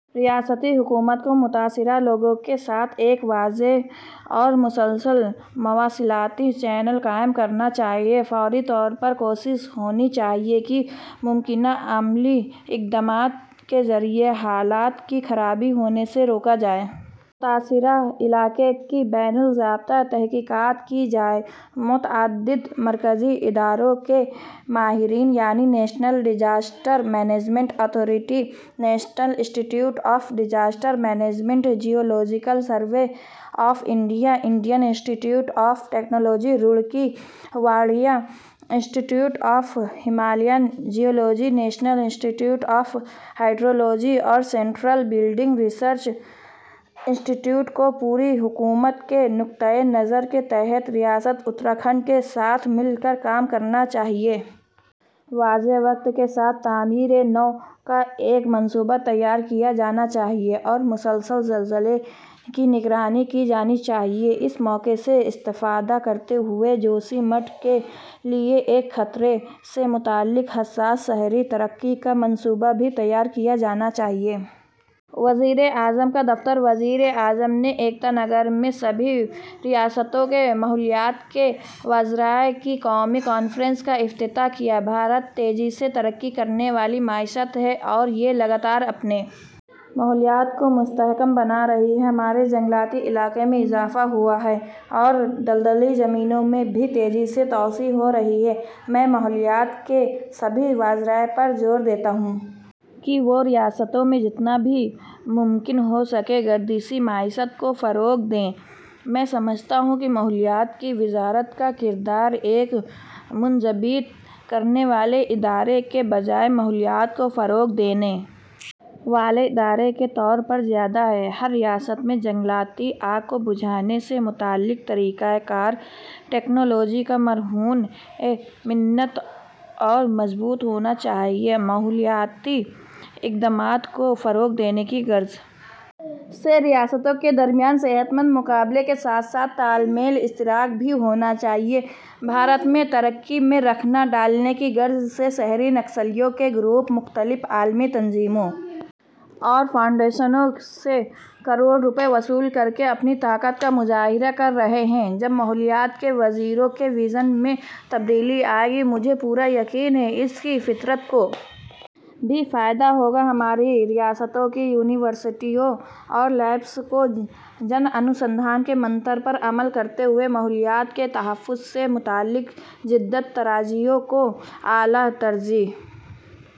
ریاستی حکومت کو متاثرہ لوگوں کے ساتھ ایک واضح اور مسلسل مواصلاتی چینل قائم کرنا چاہیے۔ فوری طور پر کوشش ہونی چاہیے کہ ممکنہ عملی اقدامات کے ذریعے حالات کی خراب ہونے سے روکا جائے۔ متاثرہ علاقے کی بین الضابطہ تحقیقات کی جائیں۔ متعدد مرکزی اداروں کے ماہرین یعنی national disaster management authority, national institute of disaster management, geological survey of India, Indian institute of technology Roorkee, Wadia institute of Himalayan geology, national institute of hydrology اور central building research institute کو ''پوری حکومت'' کے نقطہ نظر کے تحت ریاست اتراکھنڈ کے ساتھ مل کر کام کرنا چاہئے۔ واضح وقت کے ساتھ تعمیر نو کا ایک منصوبہ تیار کیا جانا چاہیے اور مسلسل زلزلے کی نگرانی کی جانی چاہیے۔ اس موقع سے استفادہ کرتے ہوئے جوشی مٹھ کے لیے ایک خطرے سے متعلق حسّاس شہری ترقی کا منصوبہ بھی تیار کیا جانا چاہیے۔ وزیراعظم کا دفتر وزیر اعظم نے ایکتا نگر میں سبھی ریاستوں کے ماحولیات کے وزراء کی قومی کانفرنس کا افتتاح کیا ''بھارت تیزی سے ترقی کرنے والی معیشت ہے اور یہ لگاتار اپنے ماحولیات کو مستحکم بنا رہی ہے'' ''ہمارے جنگلاتی علاقے میں اضافہ ہوا ہے اور دلدلی زمینوں میں بھی تیزی سے توسیع ہو رہی ہے'' میں ماحولیات کے سبھی وزراء پر زور دیتا ہوں کہ وہ ریاستوں میں جتنا بھی ممکن ہوسکے گردشی معیشت کو فروغ دیں'' ''میں سمجھتا ہوں کہ ماحولیات کی وزارت کا کردار، ایک منضبط کرنے والے ادارے کے بجائے ماحولیات کو فروغ دینے والے ادارے کے طور پر زیادہ ہے'' ''ہر ریاست میں جنگلاتی آگ کو بجھانے سے متعلق طریق کار، ٹیکنالوجی کا مرہونِ منت اور مضبوط ہونا چاہئے'' ''ماحولیاتی اقدامات کو فروغ دینے کی غرض سے ریاستوں کے درمیان صحت مند مقابلے کے ساتھ ساتھ تال میل اور اشتراک بھی ہونا چاہئے'' ''بھارت میں ترقی میں رخنہ ڈالنے کی غرض سے، شہری نکسلیوں کے گروپ، مختلف عالمی تنظیموں اور فاؤنڈیشنوں سے کروڑ روپئے وصول کرکے، اپنی طاقت کا مظاہرہ کر رہے ہیں'' ''جب ماحولیات کے وزیروں کے وژن میں تبدیلی آئے گی، مجھے پورا یقین ہے کہ اس سے فطرت کو بھی فائدہ ہوگا'' ''ہماری ریاستوں کی یونیورسٹیوں اور لیبس کو ''جن انوسندھان'' کے منتر پر عمل کرتے ہوئے ماحولیات کے تحفظ سے متعلق جدت طرازیوں کو اعلیٰ ترجیح